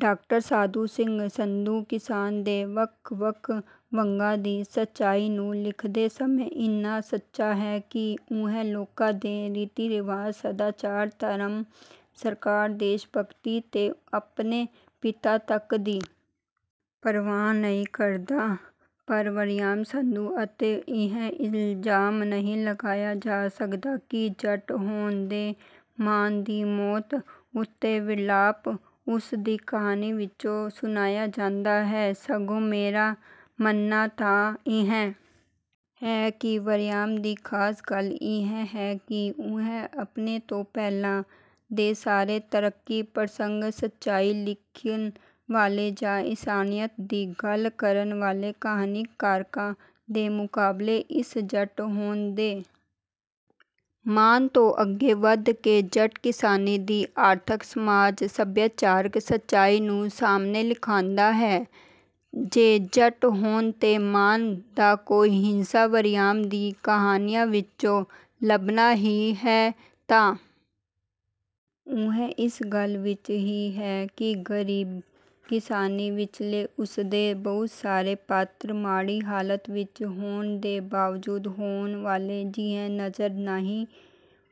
doctor Sadhu Singh Sandhu ਕਿਸਾਨੀ ਦੇ ਵੱਖ ਵੱਖ ਵਰਗਾਂ ਦੀ ਸੱਚਾਈ ਨੂੰ ਲਿਖਦੇ ਸਮੇਂ ਇੰਨਾ ਸੱਚਾ ਹੈ ਕਿ ਉਹ ਲੋਕਾਂ ਦੇ ਰੀਤੀ ਰਿਵਾਜ ਸਦਾਚਾਰ ਧਰਮ ਸਰਕਾਰ ਦੇਸ਼ ਭਗਤੀ ਤੇ ਆਪਣੇ ਪਿਤਾ ਤੱਕ ਦੀ ਪਰਵਾਹ ਨਹੀਂ ਕਰਦਾ ਪਰ ਵਰਿਆਮ ਸੰਧੂ ਉੱਤੇ ਇਹ ਇਲਜ਼ਾਮ ਨਹੀਂ ਲਗਾਇਆ ਜਾ ਸਕਦਾ ਕਿ ਜੱਟ ਹੋਣ ਦੇ ਮਾਣ ਦੀ ਮੌਤ ਉੱਤੇ ਵਿਰਲਾਪ ਉਸਦੀਆਂ ਕਹਾਣੀਆਂ ਵਿਚੋਂ ਸੁਣਿਆ ਜਾਂਦਾ ਹੈ ਸਗੋਂ ਮੇਰਾ ਮੰਨਣਾ ਤਾਂ ਇਹ ਹੈ ਕਿ ਵਰਿਆਮ ਦੀ ਖਾਸ ਗੱਲ ਇਹੀ ਹੈ ਕਿ ਉਹ ਆਪਣੇ ਤੋਂ ਪਹਿਲਾਂ ਦੇ ਸਾਰੇ ਤਰੱਕੀ ਪਸੰਦ ਸੱਚਾਈ ਲਿਖਣ ਵਾਲੇ ਜਾਂ ਇਨਸਾਨੀਅਤ ਦੀ ਗੱਲ ਕਰਨ ਵਾਲੇ ਕਹਾਣੀਕਾਰਾਂ ਦੇ ਮੁਕਾਬਲੇ ਇਸ ਜੱਟ ਹੋਣ ਦੇ ਮਾਣ ਤੋਂ ਅੱਗੇ ਵੱਧ ਕੇ ਜੱਟ ਕਿਸਾਨੀ ਦੀ ਆਰਥਕ ਸਮਾਜਕ ਤੇ ਸਭਿਆਚਾਰਕ ਸੱਚਾਈ ਨੂੰ ਸਾਹਮਣੇ ਲਿਆਉਂਦਾ ਹੈ ਜੇ ਜੱਟ ਹੋਣ ਦੇ ਮਾਣ ਦਾ ਕੋਈ ਹਿੱਸਾ ਵਰਿਆਮ ਦੀਆਂ ਕਹਾਣੀਆਂ ਵਿਚੋਂ ਲੱਭਣਾ ਹੀ ਹੈ ਤਾਂ ਉਹ ਇਸ ਗੱਲ ਵਿਚ ਹੀ ਹੈ ਕਿ ਗਰੀਬ ਕਿਸਾਨੀ ਵਿਚਲੇ ਉਸਦੇ ਬਹੁਤ ਸਾਰੇ ਪਾਤਰ ਮਾੜੀ ਹਾਲਤ ਵਿਚ ਹੋਣ ਦੇ ਬਾਵਜੂਦ ਰੋਣ ਵਾਲੇ ਜਿਹੇ ਨਜ਼ਰ ਨਹੀਂ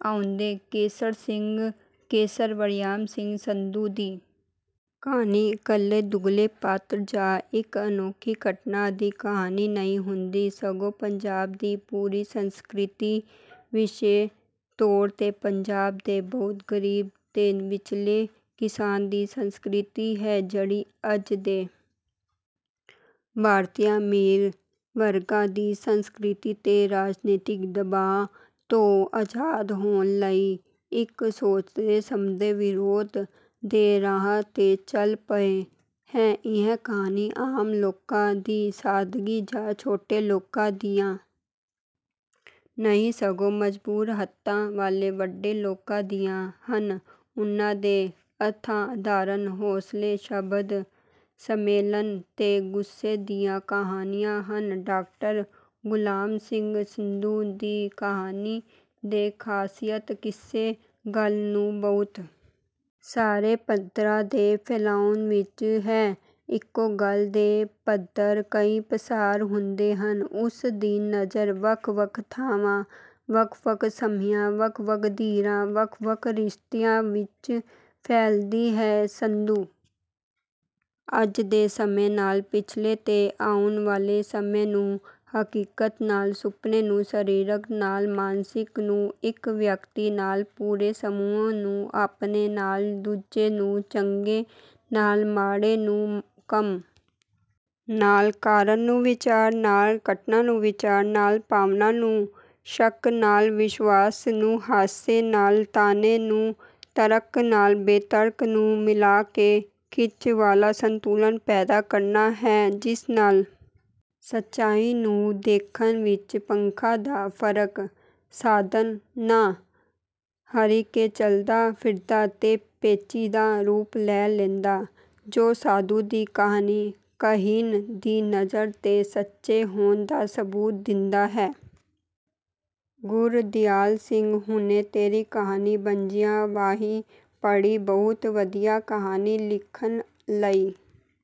ਆਉਂਦੇ ਕੇਸਰ ਸਿੰਘ ਕੇਸਰ ਵਰਿਆਮ ਸਿੰਘ ਸੰਧੂ ਦੀ ਕਹਾਣੀ ਇਕੱਲੇ ਦੁਕੱਲੇ ਪਾਤਰ ਜਾਂ ਇਕ ਅਨੋਖੀ ਘਟਨਾ ਦੀ ਕਹਾਣੀ ਨਹੀਂ ਹੁੰਦੀ ਸਗੋਂ ਪੰਜਾਬ ਦੀ ਪੂਰੀ ਸੰਸਕ੍ਰਿਤੀ ਵਿਸ਼ੇਸ਼ ਤੌਰ ਤੇ ਪੰਜਾਬ ਦੇ ਬਹੁਤ ਗਰੀਬ ਤੇ ਵਿਚਕਾਰਲੇ ਕਿਸਾਨ ਦੀ ਸੰਸਕ੍ਰਿਤੀ ਹੈ ਜਿਹੜੀ ਅੱਜ ਦੇ ਭਾਰਤੀ ਅਮੀਰ ਵਰਗ ਦੀ ਸੰਸਕ੍ਰਿਤੀ ਤੇ ਰਾਜਨੀਤੀ ਦੇ ਦਬਾਅ ਤੋਂ ਆਜ਼ਾਦ ਹੋਣ ਲਈ ਇਕ ਸੋਚੇ ਸਮਝੇ ਵਿਰੋਧ ਦੇ ਰਾਹ ਤੇ ਚੱਲ ਪਈ ਹੈ ਇਹ ਕਹਾਣੀਆਂ ਆਮ ਲੋਕਾਂ ਦੀ ਸਾਦਗੀ ਜਾਂ ਛੋਟੇ ਲੋਕਾਂ ਦੀਆਂ ਨਹੀਂ ਸਗੋਂ ਮਜ਼ਬੂਤ ਹੱਥਾਂ ਵਾਲੇ ਵੱਡੇ ਲੋਕਾਂ ਦੀਆਂ ਹਨ ਉਨ੍ਹਾਂ ਦੇ ਅਸਾਧਾਰਣ ਹੌਸਲੇ ਸਬਰ ਸਵੈਮਾਨ ਤੇ ਗੁੱਸੇ ਦੀਆਂ ਕਹਾਣੀਆਂ ਹਨ ਡਾਕਟਰ ਗੁਰਲਾਲ ਸਿੰਘ ਸੰਧੂ ਦੀ ਕਹਾਣੀ ਕਹਿਣ ਦੀ ਖਾਸੀਅਤ ਕਿਸੇ ਗੱਲ ਨੂੰ ਬਹੁਤ ਸਾਰੇ ਪੱਧਰਾਂ ਤੇ ਫੈਲਾਉਣ ਵਿਚ ਹੈ ਇਕੋ ਗੱਲ ਦੇ ਕਈ ਪੱਧਰ ਕਈ ਪਸਾਰ ਹੁੰਦੇ ਹਨ ਉਸਦੀ ਨਜ਼ਰ ਵੱਖ ਵੱਖ ਥਾਵਾਂ ਵੱਖ ਵੱਖ ਸਮਿਆਂ ਵੱਖ ਵੱਖ ਧਿਰਾਂ ਵੱਖ ਵੱਖ ਰਿਸ਼ਤਿਆਂ ਵਿਚ ਫੈਲਦੀ ਹੈ ਸੰਧੂ ਅੱਜ ਦੇ ਸਮੇਂ ਨਾਲ ਪਿਛਲੇ ਤੇ ਆਉਣ ਵਾਲੇ ਸਮੇਂ ਨੂੰ ਹਕੀਕਤ ਨਾਲ ਸੁਪਨੇ ਨੂੰ ਸਰੀਰਕ ਨਾਲ ਮਾਨਸਿਕ ਨੂੰ ਇਕ ਵਿਅਕਤੀ ਨਾਲ ਪੂਰੇ ਸਮੂਹ ਨੂੰ ਆਪਣੇ ਨਾਲ ਦੂਜੇ ਨੂੰ ਚੰਗੇ ਨਾਲ ਮਾੜੇ ਨੂੰ ਕੰਮ ਨਾਲ ਕਾਰਨ ਨੂੰ ਵਿਚਾਰ ਨਾਲ ਘਟਨਾ ਨੂੰ ਵਿਚਾਰ ਨਾਲ ਭਾਵਨਾ ਨੂੰ ਸ਼ੱਕ ਨਾਲ ਵਿਸ਼ਵਾਸ ਨੂੰ ਹਾਸੇ ਨਾਲ ਤਾਨੇ ਨੂੰ ਤਰਕ ਨਾਲ ਬੇਤਰਕ ਨੂੰ ਮਿਲਾ ਕੇ ਖਿੱਚ ਵਾਲਾ ਸੰਤੁਲਨ ਪੈਦਾ ਕਰਦਾ ਹੈ ਜਿਸ ਨਾਲ ਸੱਚਾਈ ਨੂੰ ਦੇਖਣ ਵਿਚ ਪੱਖਾਂ ਦਾ ਫਰਕ ਸਧਾਰਨ ਨਾ ਰਹਿ ਕੇ ਚਲਦਾ ਫਿਰਦਾ ਤੇ ਪੇਚੀਦਾ ਰੂਪ ਲੈ ਲੈਂਦਾ ਹੈ ਜੋ ਸੰਧੂ ਦੀ ਕਹਾਣੀ ਕਹਿਣ ਦੀ ਨਜ਼ਰ ਦੇ ਸੱਚੇ ਹੋਣ ਦਾ ਸਬੂਤ ਦਿੰਦਾ ਹੈ ਗੁਰਦਿਆਲ ਸਿੰਘ ਹੁਣੇ ਤੇਰੀ ਕਹਾਣੀ ਭੱਜੀਆਂ ਬਾਹੀਂ ਪੜ੍ਹੀ ਬਹੁਤ ਵਧੀਆ ਕਹਾਣੀ ਲਿਖਣ ਲਈ